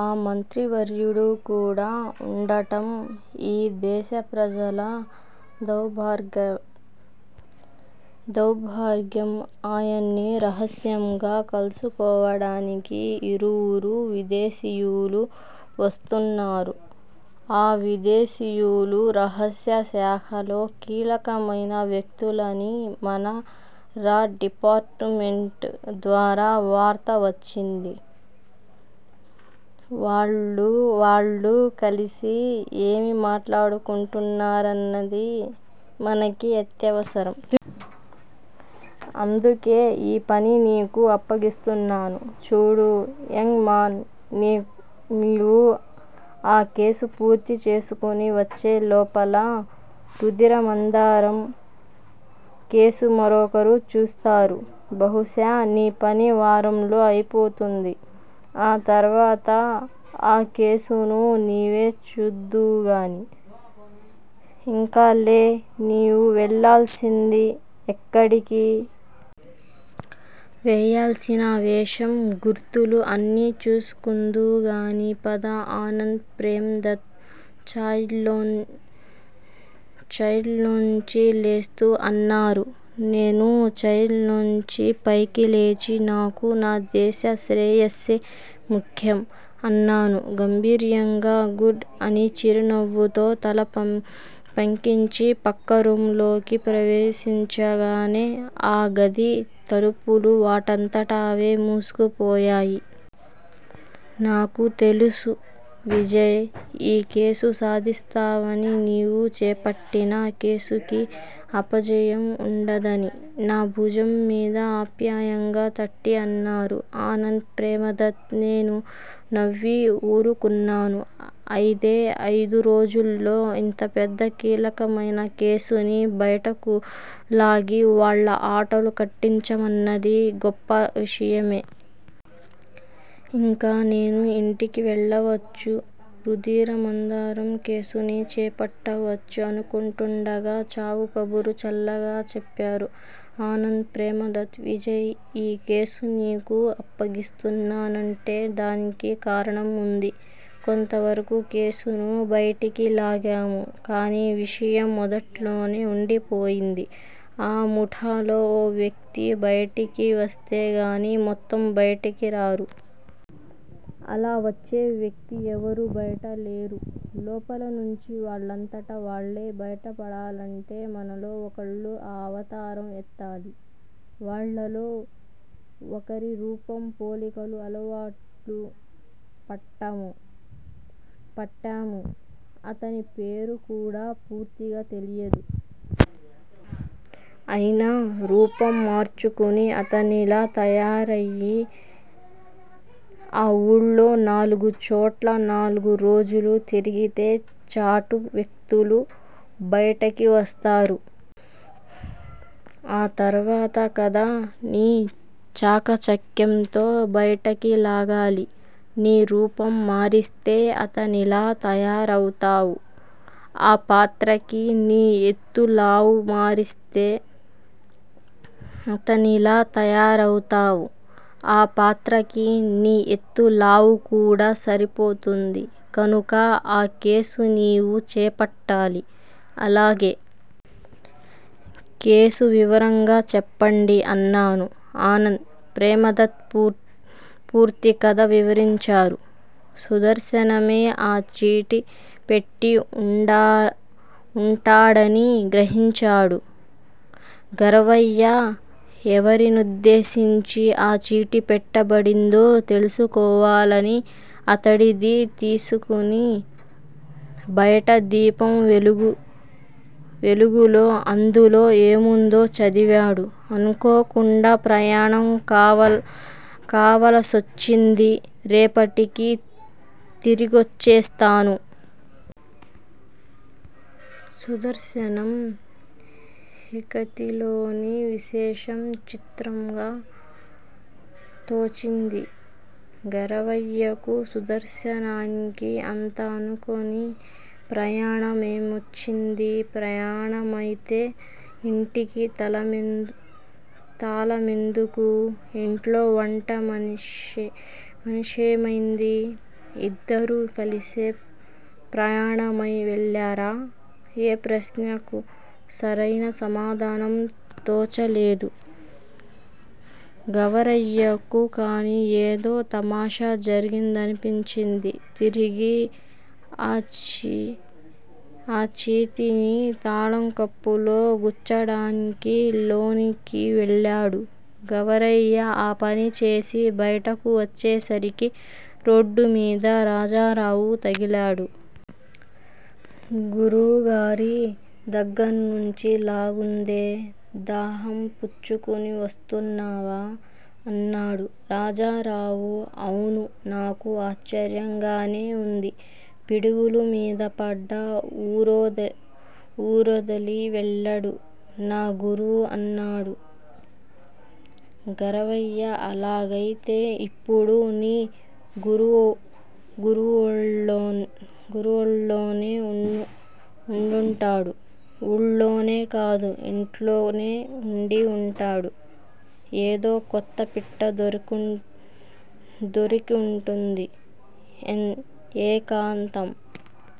ఆ మంత్రివర్యుడు కూడా వుండటం యీ దేశ ప్రజల దౌర్భాగ్యం. ఆయన్ని రహస్యంగా కల్సుకోవటానికి ఇరువురు విదేశీయులు వస్తున్నారు. ఆ విదేశీయులు రహస్య శాఖలో కీలకమైన వ్యక్తులని మన రా డిపార్టుమెంట్ ద్వారా వార్త వచ్చింది. వాళ్ళూ వాళ్ళూ కలిసి ఏమి మాట్లాడుకుంటున్నారన్నది మనకి అత్యవసరం. అందుకే యీ పని నీకు అప్పగిస్తున్నాను. చూడు యంగ్ మాన్! నీవు ఆ కేసు పూర్తి చేసుకుని వచ్చే లోపల రుధిరమందారం కేసు మరొకరు చూస్తారు. బహుశా నీ పని వారంలో అయిపోతుంది. ఆ తర్వాత ఆ కేసును నీవే చూద్దువుగాని. ఇంక లే నీవు వెళ్ళాల్సింది ఎక్కడికి. వేయాల్సిన వేషం, గుర్తులు అన్నీ చూసుకుందువుగాని పద. ఆనంద్ ప్రేమ్ దత్ ఛయిర్లోంచి లేస్తూ అన్నారు. నేను ఛయిర్ లోంచి పైకి లేచి నాకు నా దేశ శ్రేయస్సే ముఖ్యం అన్నాను గంభీర్యంగా. గుడ్! అని చిరునవ్వుతో తల పంకించి పక్క రూమ్ లోకి ప్రవేశించగానే ఆ గది తలుపులు వాటంతట అవే మూసుకుపోయాయి. నాకు తెలుసు విజయ్! యీ కేసు సాధిస్తావని నీవు చేపట్టిన కేసుకి అపజయం వుండదని. నా భుజం మీద ఆప్యాయంగా తట్టి అన్నారు ఆనంద్ ప్రేమదత్. నేను నవ్వి ఊరుకున్నాను. అయిదే అయిదు రోజుల్లో ఇంత పెద్ద కీలకమైన కేసుని బయటకులాగి వాళ్ళ ఆటలు కట్టించమన్నది గొప్ప విషయమే. ఇంక నేను ఇంటికి వెళ్ళవచ్చు, రుధిరమందారం కేసుని చేపట్టవచ్చు అనుకుంటుండగా చావుకబురు చల్లగా చెప్పారు ఆనంద్ ప్రేమదత్. విజయ్! యీ కేసు నీకు అప్పగిస్తున్నానంటే దానికి కారణం వుంది. కొంత వరకు కేసును బైటికి లాగాము. కాని విషయం మొదట్లోనే వుండిపోయింది. ఆ ముఠాలో ఓ వ్యక్తి బయటికి వస్తేగాని మొత్తం బయటికి రారు. అలా వచ్చే వ్యక్తి ఎవరూ బయటలేరు. లోపల నుంచి వాళ్ళంతట వాళ్ళే బయటపడాలంటే మనలో ఒకళ్ళు ఆ అవతారం ఎత్తాలి. వాళ్ళలో ఒకరి రూపం పోలికలు అలవాట్లు పట్టాము. అతని పేరు కూడా పూర్తిగా తెలియదు. అయినా రూపం మార్చుకుని అతనిలా తయారయి ఆ ఊళ్ళో నాలుగు చోట్ల నాలుగు రోజులు తిరిగితే చాటు వ్యక్తులు బయటకి వస్తారు. ఆ తర్వాత కధ నీ చాకచక్యంతో బయటకి లాగాలి. నీ రూపం మారిస్తే అతనిలా తయారవుతావు. ఆ పాత్రకి నీ ఎత్తు లావు మారిస్తే అతనిలా తయారవుతావు. ఆ పాత్రకి నీ ఎత్తు లావు కూడా సరిపోతుంది. కనుక ఆ కేసు నీవు చేపట్టాలి. అలాగే. కేసు వివరంగా చెప్పండి అన్నాను. ఆనంద్ ప్రేమదత్ పూర్తి కథ వివరించారు. సుదర్శనమే ఆ చీటీ పేట్టి ఉంటాడని గ్రహించాడు గరవయ్య. ఎవరినుద్దేశించి ఆ చీటీ పెట్టబడిందో తెలుసు కోవాలని అతడిదితీసుకుని, బయట దీపం వెలుగులో అందులో ఏముందో చదివాడు. అనుకోకుండా ప్రయాణం కవలసోచ్చింది రేపటికి తిరిగొచ్చేస్తాను. సుదర్శనం హీకతిలోని విశేషం చిత్రంగా తోచింది గరవయ్యకు. సుదర్శనానికి అంత అనుకొని ప్రయాణ మేమొచ్చింది? ప్రయాణమయితే ఇంటికి తాలమెందుకు? ఇంట్లో వంటమనిషేమైంది? ఇద్దరూ కలిసే ప్రయాణమై వెళ్ళారా? ఏ ప్రశ్నకూ సరయిన సమాధానం తోచలేదు. గవరయ్యకు కానీ ఏదో తమాషా జరిగిందనిపించింది. తిరిగి ఆ చీతిని తాళంకప్పులో గుచ్చడానికి లోనికి వెళ్ళాడు గవరయ్య ఆ పని చేసి బయటకు వచ్చేసరికి, రోడ్డుమీద రాజారావు తగిలాడు. గురువుగారి దగ్గర్నుంచిలాగుందే! దాహం పుచ్చుకుని వస్తున్నావా? అన్నాడు రాజారావు. అవును. నాకూ ఆశ్చర్యంగానే ఉంది. పిడుగులు మీద పడ్డా ఊరోదలి వెళ్ళడు నా గురువు అన్నాడు గరవయ్య. అలాగయితే ఇప్పుడూ నీ గురువూళ్ళోనే ఉండుంటాడు. ఊళ్ళోనే కాదు ఇంట్లోనే ఉండి ఉంటాడు. ఏదో కొత్త పిట్ట దొరికుంటుంది. ఏకాంతం